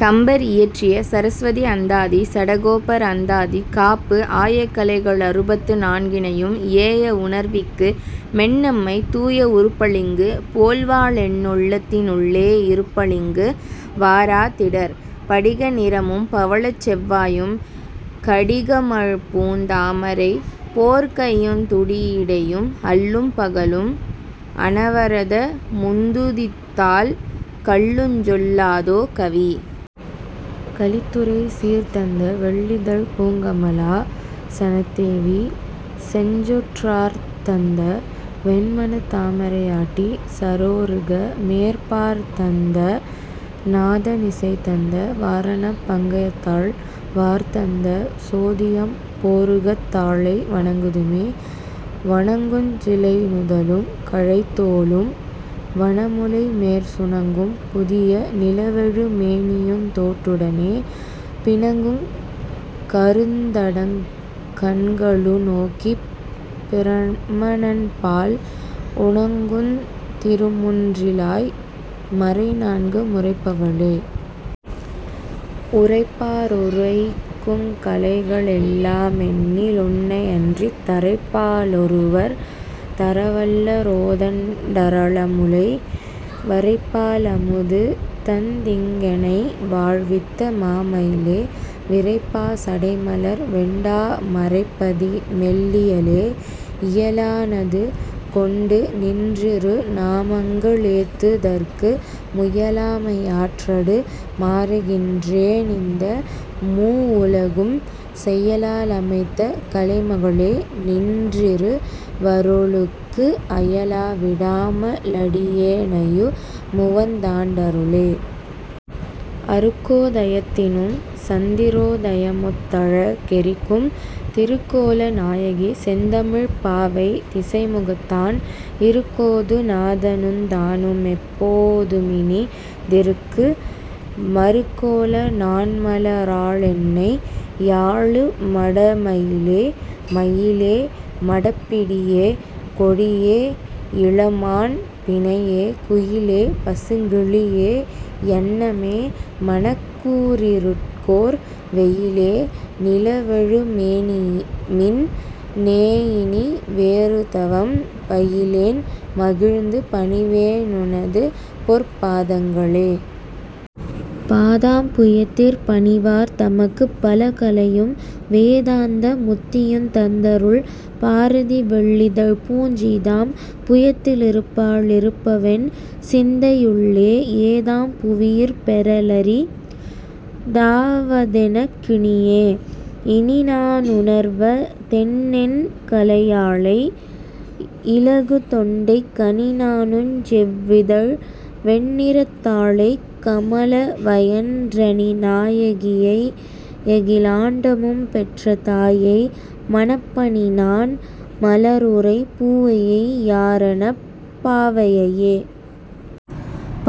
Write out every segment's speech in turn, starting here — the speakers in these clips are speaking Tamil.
கம்பர் இயற்றிய சரஸ்வதி அந்தாதி, சடகோபர் அந்தாதி காப்பு ஆய கலைக ளறுபத்து நான்கினையும் ஏய வுணர்விக்கு மென்னம்மை தூய வுருப்பளிங்கு போல்வாளென் னுள்ளத்தி னுள்ளே யிருப்பளிங்கு வாரா திடர். படிக நிறமும் பவளச்செவ் வாயும் கடிகமழ்பூந் தாமரைபோற் கையுந் துடியிடையும் அல்லும் பகலும் அனவரத முந்துதித்தால் கல்லுஞ்சொல் லாதோ கவி. கலித்துறை சீர்தந்த வெள்ளிதழ்ப் பூங்கமலா சனத்தேவி செஞ்சொற் றார்தந்த வென்மனத் தாமரையாட்டி சரோருக மேற் பார்தந்த நாத னிசைதந்த வாரணப் பங்கயத்தாள் வார்தந்த சோதி யம்போருகத் தாளை வணங்குதுமே. வணங்குஞ் சிலைநுதலுங் கழைத்தோளும் வனமுலை மேற் சுணங்கும் புதிய நிலவெழு மேனியுந் தோட்டுடனே பிணங்குங் கருந்தடங் கண்களு நோக்கிப் பிரமனன்பால் உணங்குந் திருமுன் றிலாய் மறைநான்கு முரைப்பவளே. உரைப்பா ருரைக்குங் கலைகளெல்லா மெண்ணி லுன்னையன்றித் தரைப்பா லொருவர் தரவல்ல ரோதண் டரளமுலை வரைப்பா லமுதுதந் திங்கெனை வாழ்வித்த மாமயிலே விரைப்பா சடைமலர் வெண்டா மரைப்பதி மெல்லியலே. இயலா னதுகொண்டு நின்றிரு நாமங்க ளேத்துதற்கு முயலா மையாற்றடு மாறுகின்றே னிந்த மூவுலகும் செயலா லமைத்த கலைமகளே நின்றிரு வருளுக்கு அயலா விடாம லடியேனையு முவந் தாண்டருளே. அருக்கோ தயத்தினும் சந்திரோ தயமொத் தழகெறிக்கும் திருக்கோல நாயகி செந்தமிழ்ப் பாவை திசைமுகத்தான் இருக்கோ துநாதனுந் தானுமெப் போதுமினி திருக்கு மருக்கோல நாண்மல ராளென்னை யாளு மடமயிலே. மயிலே மடப்பிடியே கொடியே யிளமான் பிணையே குயிலே பசுங்கிளியே யன்னமே மனக்கூ ரிருட்கோர் வெயிலே நிலவெழு மேனிமின் னேயினி வேறுதவம் பயிலேன் மகிழ்ந்து பணிவே னுனதுபொற் பாதங்களே. பாதாம் புயத்திற் பணிவார் தமக்குப் பலகலையும் வேதாந்த முத்தியுந் தந்தருள் பாரதிவெள் ளிதழ்ப்பூஞ் சீதாம் புயத்தி லிருப்பா ளிருப்பவென் சிந்தையுள்ளே ஏதாம் புவியிற் பெறலரி தாவதெனக் கினியே. இனிநா னுணர்வ தெண்ணெண் கலையாளை இலகுதொண்டைக் கனிநாணுஞ் செவ்விதழ் வெண்ணிறத் தாளைக் கமலவயன் றனிநாயகியை யகிலாண்ட மும்பெற்ற தாயைமணப் பனிநாண் மலருறை பூவையை யாரணப் பாவையையே.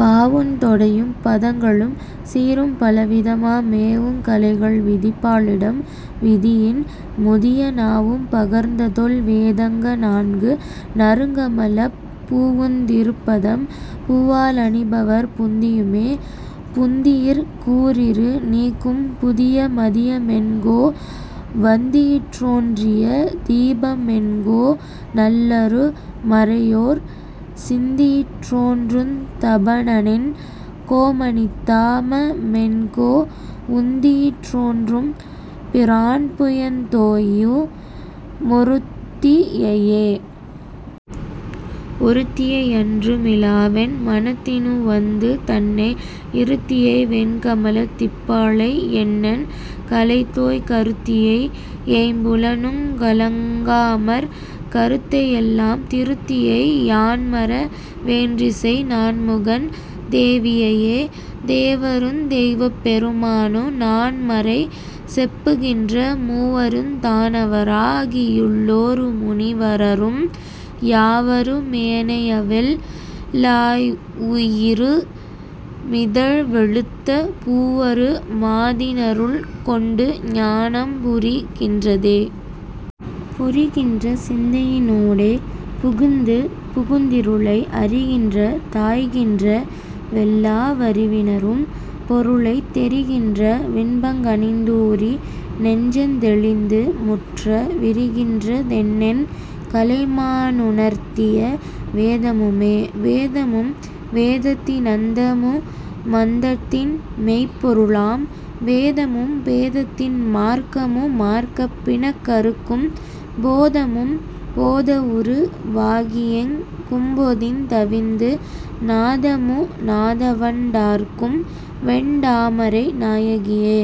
பாவுந் தொடையும் பதங்களும் சீரும் பலவிதமா மேவுங் கலைகள் விதிப்பா ளிடம்விதியின் முதிய நாவும் பகர்ந்ததொல் வேதங்க ணான்கு நறுங்கமலப் பூவுந் திருப்பதம் பூவா லணிபவர் புந்தியுமே. புந்தியிற் கூரிரு ணீக்கும்புதிய மதிய மென்கோ வந்தியிற் றோன்றிய தீபமென்கோ நல்லரு மறையோர் சிந்தியிற் றோன்றுந் தபனனென் கோமணித்தா மமென்கோ உந்தியிற் றோன்றும் பிரான்புயந் தோயு மொருத்தியையே. ஒருத்தியை யன்றுமி லாவென் மனத்தினு வந்துதன்னை இருத்தியை வெண்கமலத் திப்பாளை யெண்ணெண் கலைதோய் கருத்தியை யைம்புலனுங் கலங்காமற் கருத்தை யெல்லாம் திருத்தியை யான்மற வேன்றிசை நான்முகன் தேவியையே. தேவருந் தெய்வப் பெருமானு நான்மறை செப்புகின்ற மூவருந் தானவரா கியுள் ளோருமுனி வரரும் யாவரு மேனையவெல் லாவுயிரு மிதழ் வெளுத்த பூவரு மாதினருள் கொண்டுஞா னம்புரி கின்றதே. புரிகின்ற சிந்தையி னூடே புகுந்துபுகுந் திருளை அரிகின்ற தாய்கின்ற வெல்லா வறிவினரும் பொருளைத் தெரிகின்ற வின்பங் கனிந்தூறி நெஞ்சந்தெ ளிந்துமுற்ற விரிகின்ற தெண்ணெண் கலைமா னுணர்த்திய வேதமுமே. வேதமும் வேதத்தி னந்தமு மந்தத்தின் மெய்ப்பொருளாம் பேதமும் பேதத்தின் மார்க்கமு மார்க்கப் பிணக்கறுக்கும் போதமும் போதவுரு வாகியெங் கும்பொதிந் தவிந்து நாதமு நாதவண் டார்க்கும்வெண் டாமரை நாயகியே.